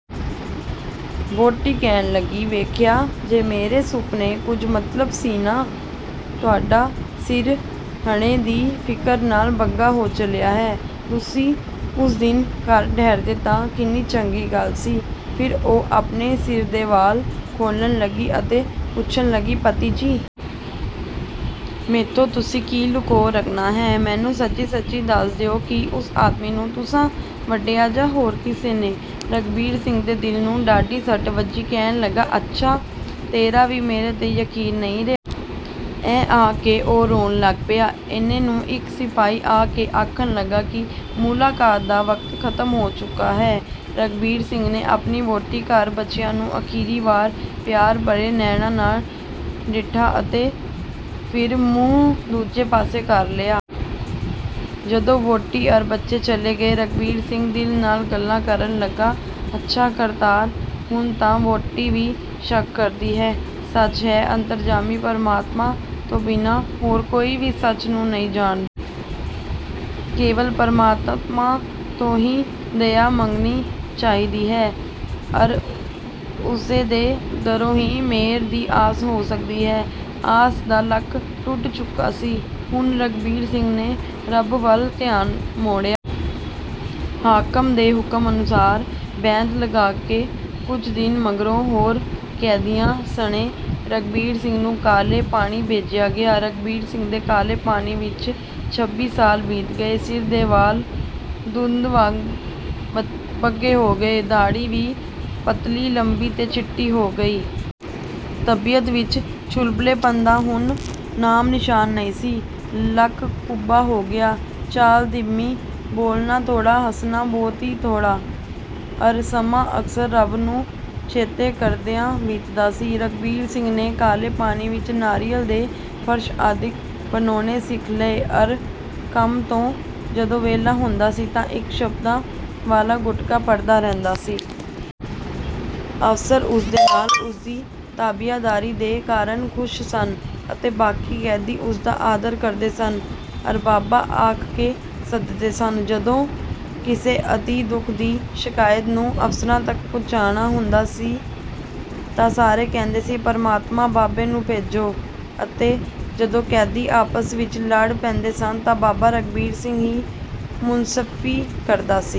ਵਹੁਟੀ ਕਹਿਣ ਲੱਗੀ – "ਵੇਖਿਆ, ਜੇ ਮੇਰੇ ਸੁਫ਼ਨੇ ਕੁਝ ਮਤਲਬ ਸੀ ਨਾ? ਤੁਹਾਡਾ ਸਿਰ ਹਣੇ ਦੀ ਫ਼ਿਕਰ ਨਾਲ ਬੱਗਾ ਹੋ ਚਲਿਆ ਹੈ। ਤੁਸੀਂ ਉਸ ਦਿਨ ਘਰ ਠਹਿਰਦੇ ਤਾਂ ਕਿੰਨੀ ਚੰਗੀ ਗੱਲ ਸੀ।" ਫਿਰ ਉਹ ਆਪਣੇ ਸਿਰ ਦੇ ਵਾਲ ਖੋਲਣ ਲੱਗੀ ਅਤੇ ਪੁੱਛਣ ਲੱਗੀ – "ਪਤੀ ਜੀ! ਮੈਥੋਂ ਤੁਸੀਂ ਕੀ ਲੁਕੋ ਰੱਖਣਾ ਹੈ। ਮੈਨੂੰ ਸੱਚੀ-ਸੱਚੀ ਦੱਸ ਦਿਓ ਕਿ ਉਸ ਆਦਮੀ ਨੂੰ ਤੁਸਾਂ ਵੱਢਿਆ ਜਾਂ ਹੋਰ ਕਿਸੇ ਨੇ?" ਰਘਬੀਰ ਸਿੰਘ ਦੇ ਦਿਲ ਨੂੰ ਡਾਢੀ ਸੱਟ ਵੱਜੀ। ਕਹਿਣ ਲੱਗਾ – "ਹੱਛਾ! ਤੇਰਾ ਵੀ ਮੇਰੇ 'ਤੇ ਯਕੀਨ ਨਹੀਂ ਰਿਹਾ?" ਇਹ ਆਖ ਕੇ ਉਹ ਰੋਣ ਲੱਗ ਪਿਆ। ਇੰਨੇ ਨੂੰ ਇੱਕ ਸਿਪਾਹੀ ਆ ਕੇ ਆਖਣ ਲੱਗਾ ਕਿ "ਮੁਲਾਕਾਤ ਦਾ ਵਕਤ ਖਤਮ ਹੋ ਚੁੱਕਾ ਹੈ।" ਰਘਬੀਰ ਸਿੰਘ ਨੇ ਆਪਣੀ ਵਹੁਟੀ ਅਰ ਬੱਚਿਆਂ ਨੂੰ ਅਖ਼ੀਰੀ ਵਾਰ ਪਿਆਰ ਭਰੇ ਨੈਣਾਂ ਨਾਲ ਡਿੱਠਾ ਅਤੇ ਫਿਰ ਮੂੰਹ ਦੂਜੇ ਪਾਸੇ ਕਰ ਲਿਆ। ਜਦੋਂ ਵਹੁਟੀ ਅਰ ਬੱਚੇ ਚਲੇ ਗਏ, ਰਘਬੀਰ ਸਿੰਘ ਦਿਲ ਨਾਲ ਗੱਲਾਂ ਕਰਨ ਲੱਗਾ – "ਹੱਛਾ ਕਰਤਾਰ! ਹੁਣ ਤਾਂ ਵਹੁਟੀ ਵੀ ਸ਼ੱਕ ਕਰਦੀ ਹੈ। ਸੱਚ ਹੈ! ਅੰਤਰਜਾਮੀ ਪ੍ਰਮਾਤਮਾ ਤੋਂ ਬਿਨਾਂ ਹੋਰ ਕੋਈ ਵੀ ਸੱਚ ਨੂੰ ਨਹੀਂ ਜਾਣਦਾ। ਕੇਵਲ ਪ੍ਰਮਾਤਮਾ ਤੋਂ ਹੀ ਦਇਆ ਮੰਗਣੀ ਚਾਹੀਦੀ ਹੈ, ਅਰ ਉਸੇ ਦੇ ਦਰੋਂ ਹੀ ਮੇਹਰ ਦੀ ਆਸ ਹੋ ਸਕਦੀ ਹੈ।" ਆਸ ਦਾ ਲੱਕ ਟੁੱਟ ਚੁੱਕਾ ਸੀ। ਹੁਣ ਰਘਬੀਰ ਸਿੰਘ ਨੇ ਰੱਬ ਵੱਲ ਧਿਆਨ ਮੋੜਿਆ। ਹਾਕਮ ਦੇ ਹੁਕਮ ਅਨੁਸਾਰ ਬੈਂਤ ਲਗਾ ਕੇ ਕੁਝ ਦਿਨ ਮਗਰੋਂ ਹੋਰ ਕੈਦੀਆਂ ਸਣੇ ਰਘਬੀਰ ਸਿੰਘ ਨੂੰ ਕਾਲੇ ਪਾਣੀ ਭੇਜਿਆ ਗਿਆ। ਰਘਬੀਰ ਸਿੰਘ ਦੇ ਕਾਲੇ ਪਾਣੀ ਵਿੱਚ ਛੱਬੀ ਸਾਲ ਬੀਤ ਗਏ। ਸਿਰ ਦੇ ਵਾਲ ਦੁੱਧ ਵਾਂਗ ਬੱਗੇ ਹੋ ਗਏ, ਦਾੜ੍ਹੀ ਵੀ ਪਤਲੀ, ਲੰਬੀ ਤੇ ਚਿੱਟੀ ਹੋ ਗਈ। ਤਬੀਅਤ ਵਿੱਚ ਚੁਲਬਲੇਪਣ ਦਾ ਹੁਣ ਨਾਮ-ਨਿਸ਼ਾਨ ਨਹੀਂ ਸੀ। ਲੱਕ ਕੁੱਬਾ ਹੋ ਗਿਆ, ਚਾਲ ਧੀਮੀ, ਬੋਲਣਾ ਥੋੜਾ, ਹੱਸਣਾ ਬਹੁਤ ਹੀ ਥੋੜਾ ਅਰ ਸਮਾਂ ਅਕਸਰ ਰੱਬ ਨੂੰ ਚੇਤੇ ਕਰਦਿਆਂ ਬੀਤਦਾ ਸੀ। ਰਘਬੀਰ ਸਿੰਘ ਨੇ ਕਾਲੇ ਪਾਣੀ ਵਿੱਚ ਨਾਰੀਅਲ ਦੇ ਫਰਸ਼ ਆਦਿਕ ਬਣਾਉਣੇ ਸਿੱਖ ਲਏ ਅਰ ਕੰਮ ਤੋਂ ਜਦੋਂ ਵੇਹਲਾ ਹੁੰਦਾ ਸੀ ਤਾਂ ਇੱਕ ਸ਼ਬਦਾਂ ਵਾਲਾ ਗੁਟਕਾ ਪੜ੍ਹਦਾ ਰਹਿੰਦਾ ਸੀ। ਅਫਸਰ ਉਸਦੇ ਨਾਲ ਉਸਦੀ ਤਾਬਿਆਦਾਰੀ ਦੇ ਕਾਰਨ ਖੁਸ਼ ਸਨ ਅਤੇ ਬਾਕੀ ਕੈਦੀ ਉਸਦਾ ਆਦਰ ਕਰਦੇ ਸਨ ਅਰ ਬਾਬਾ ਆਖ ਕੇ ਸੱਦਦੇ ਸਨ। ਜਦੋਂ ਕਿਸੇ ਅਤਿ ਦੁੱਖ ਦੀ ਸ਼ਿਕਾਇਤ ਨੂੰ ਅਫਸਰਾਂ ਤੱਕ ਪਹੁੰਚਾਣਾ ਹੁੰਦਾ ਸੀ ਤਾਂ ਸਾਰੇ ਕਹਿੰਦੇ ਸੀ – ਧਰਮਾਤਮਾ ਬਾਬੇ ਨੂੰ ਭੇਜੋ, ਅਤੇ ਜਦੋਂ ਕੈਦੀ ਆਪਸ ਵਿੱਚ ਲੜ ਪੈਂਦੇ ਸਨ ਤਾਂ ਬਾਬਾ ਰਘਬੀਰ ਸਿੰਘ ਹੀ ਮੁਨਸਫ਼ੀ ਕਰਦਾ ਸੀ।